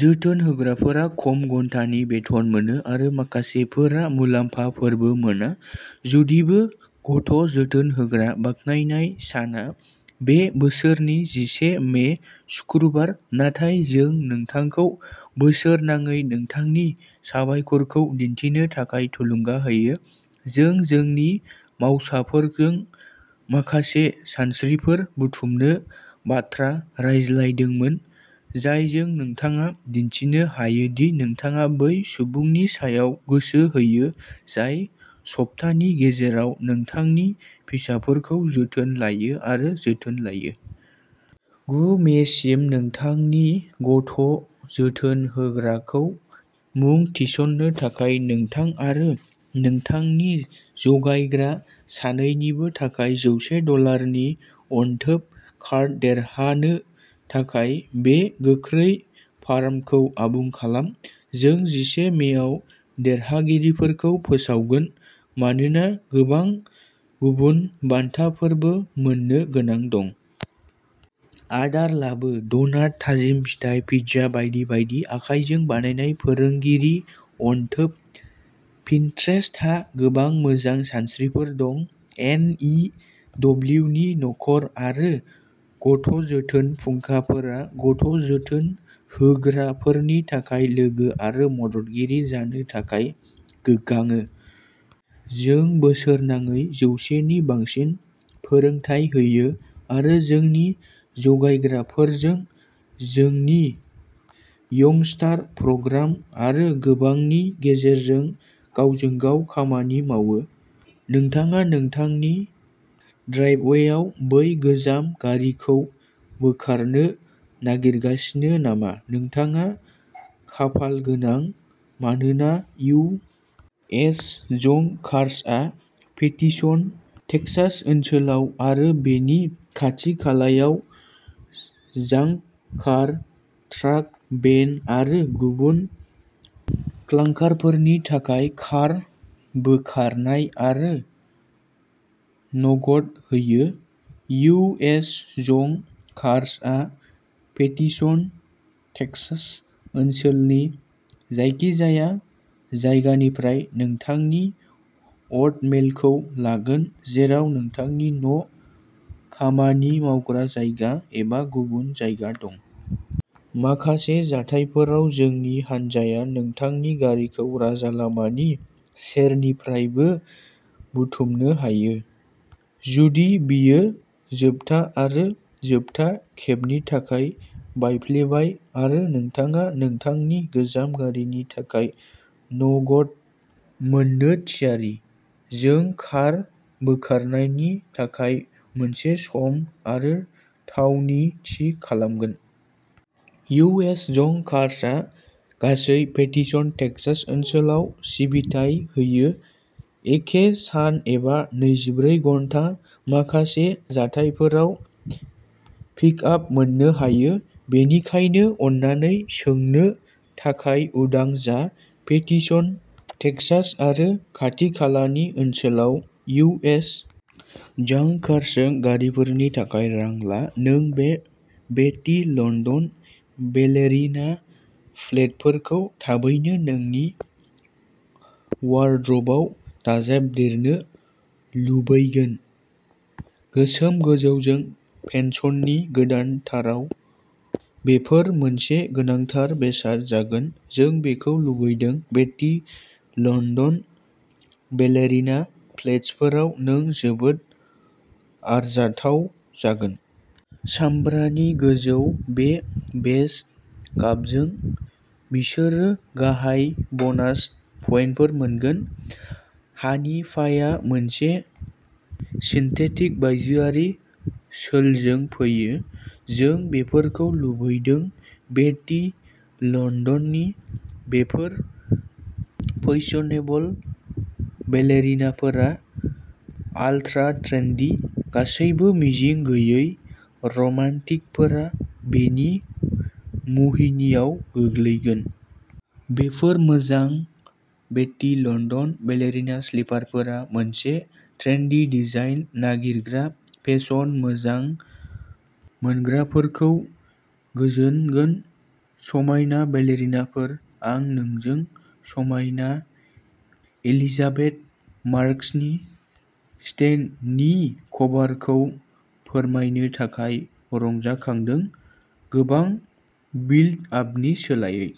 जोथोन होग्राफोरा खम घन्टानि बेथन मोनो आरो माखासेफोरा मुलाम्फाफोरबो मोना। जुदिबो गथ'जोथोन होग्रा बाख्नायनाय साना बे बोसोरनि जिसे मे शुक्रबार, नाथाय जों नोंथांखौ बोसोरनाङै नोंथांनि साबायखरखौ दिन्थिनो थाखाय थुलुंगा होयो। जों जोंनि मावसाफोरजों माखासे सानस्रिफोर बुथुमनो बाथ्रा रायज्लायदोंमोन, जायजों नोंथाङा दिन्थिनो हायो दि नोंथाङा बै सुबुंनि सायाव गोसो होयो जाय सप्तानि गेजेराव नोंथांनि फिसाफोरखौ जोथोन लायो आरो जोथोन लायो। गु मेसिम नोंथांनि गथ'जोथोन होग्राखौ मुं थिसन्नो थाखाय नोंथां आरो नोंथांनि जगायग्रा सानैनिबो थाखाय जौसे डलारनि अनथोब कार्ड देरहानो थाखाय। बे गोख्रै फर्मखौ आबुं खालाम। जों जिसे मेआव देरहागिरिफोरखौ फोसावगोन मानोना गोबां गुबुन बान्थाफोरबो मोन्नो गोनां दं। आदार लाबोः ड'नाट, थाजिम फिथाइ, पिज्जा बायदि बायदि। आखाइजों बानायनाय फोरोंगिरि अनथोबः पिनट्रेस्टहा गोबां मोजां सानस्रिफोर दं। एन. इ. डब्लिउ. नि नखर आरो गथ'जोथोन फुंखाफोरा गथ'जोथोन होग्राफोरनि थाखाय लोगो आरो मददगिरि जानो थाखाय गोग्गाङो। जों बोसोरनाङै जौसे नि बांसिन फोरोंथाय होयो आरो जोंनि जगायग्राफोरजों जोंनि यंगस्टार प्रग्राम आरो गोबांनि गेजेरजों गावजों गाव खामानि मावो। नोंथाङा नोंथांनि ड्राइभवेआव बै गोजाम गारिखौ बोखारनो नागिरगासिनो नामा? नोंथाङा खाफालगोनां, मानोना इउ. एस. जंक कार्सआ पेटिसन, टेक्सास ओनसोलाव आरो बेनि खाथि-खालायाव जांक कार, ट्राक, भेन आरो गुबुन क्लांकारफोरनि थाखाय कार बोखारनाय आरो नगद होयो। इउ. एस. जंक कार्सआ पेटिसन, टेक्सास ओनसोलनि जायखिजाया जायगानिफ्राय नोंथांनि अट'मेलखौ लागोन, जेराव नोंथांनि न', खामानि मावग्रा जायगा एबा गुबुन जायगा दं। माखासे जाथायफोराव, जोंनि हानजाया नोंथांनि गारिखौ राजालामानि सेरनिफ्रायबो बुथुमनो हायो, जुदि बेयो जोबथा आरो जोबथा खेबनि थाखाय बायफ्लेबाय आरो नोंथाङा नोंथांनि गोजाम गारिनि थाखाय नगद मोन्नो थियारि! जों कार बोखारनायनि थाखाय मोनसे सम आरो थावनि थि खालामगोन। इउ. एस. जंक कार्सआ गासै पेटिसन, टेक्सास ओनसोलाव सिबिथाय होयो। एखे सान एबा नैजिब्रै घन्टा। माखासे जाथायफोराव पिकआप मोननो हायो, बेनिखायनो अन्नानै सोंनो थाखाय उदां जा! पेटिसन, टेक्सास आरो खाथि-खालानि ओनसोलाव इउ. एस. जांक कार्सजों गारिफोरनि थाखाय रां ला! नों बे बेट्टी लन्दन बेलेरिना फ्लेटफोरखौ थाबैनो नोंनि वार्ड्रबआव दाजाबदेरनो लुबैगोन। गोसोम गोजौजों फेसननि गोदानथाराव, बेफोर मोनसे गोनांथार बेसाद जागोन। जों बेखौ लुबैदों! बेट्टी लन्दन बेलेरिना फ्लेटफोराव नों जोबोद आरजाथाव जागोन! सामब्रानि गोजौ आरो बेज गाबजों, बिसोरो गाहाय बनास पइन्टफोर मोनगोन। हानिफाया मोनसे सिन्थेटिक बायजोआरि सोलजों फैयो। जों बेफोरखौ लुबैदों! बेट्टी लन्दननि बेफोर फैशनेबल बेलेरिनाफोरा आल्ट्रा ट्रेन्डी! गासैबो मिजिं गैयै रमान्टिकफोरा बेनि मुहिनिआव गोग्लैगोन। बेफोर मोजां बेट्टी लन्दन बेलेरिना स्लिपारफोरा मोनसे ट्रेन्डी डिजाइन नागिरग्रा फेसन मोजां मोनग्राफोरखौ गोजोनगोन। समायना बेलेरिनाफोर! आं नोंजों समायना एलिजाबेथ मार्क्सनि "स्टेइन्ड" नि कभारखौ फोरमायनो थाखाय रंजाखांदों! गोबां बिल्ड-आपनि सोलायै!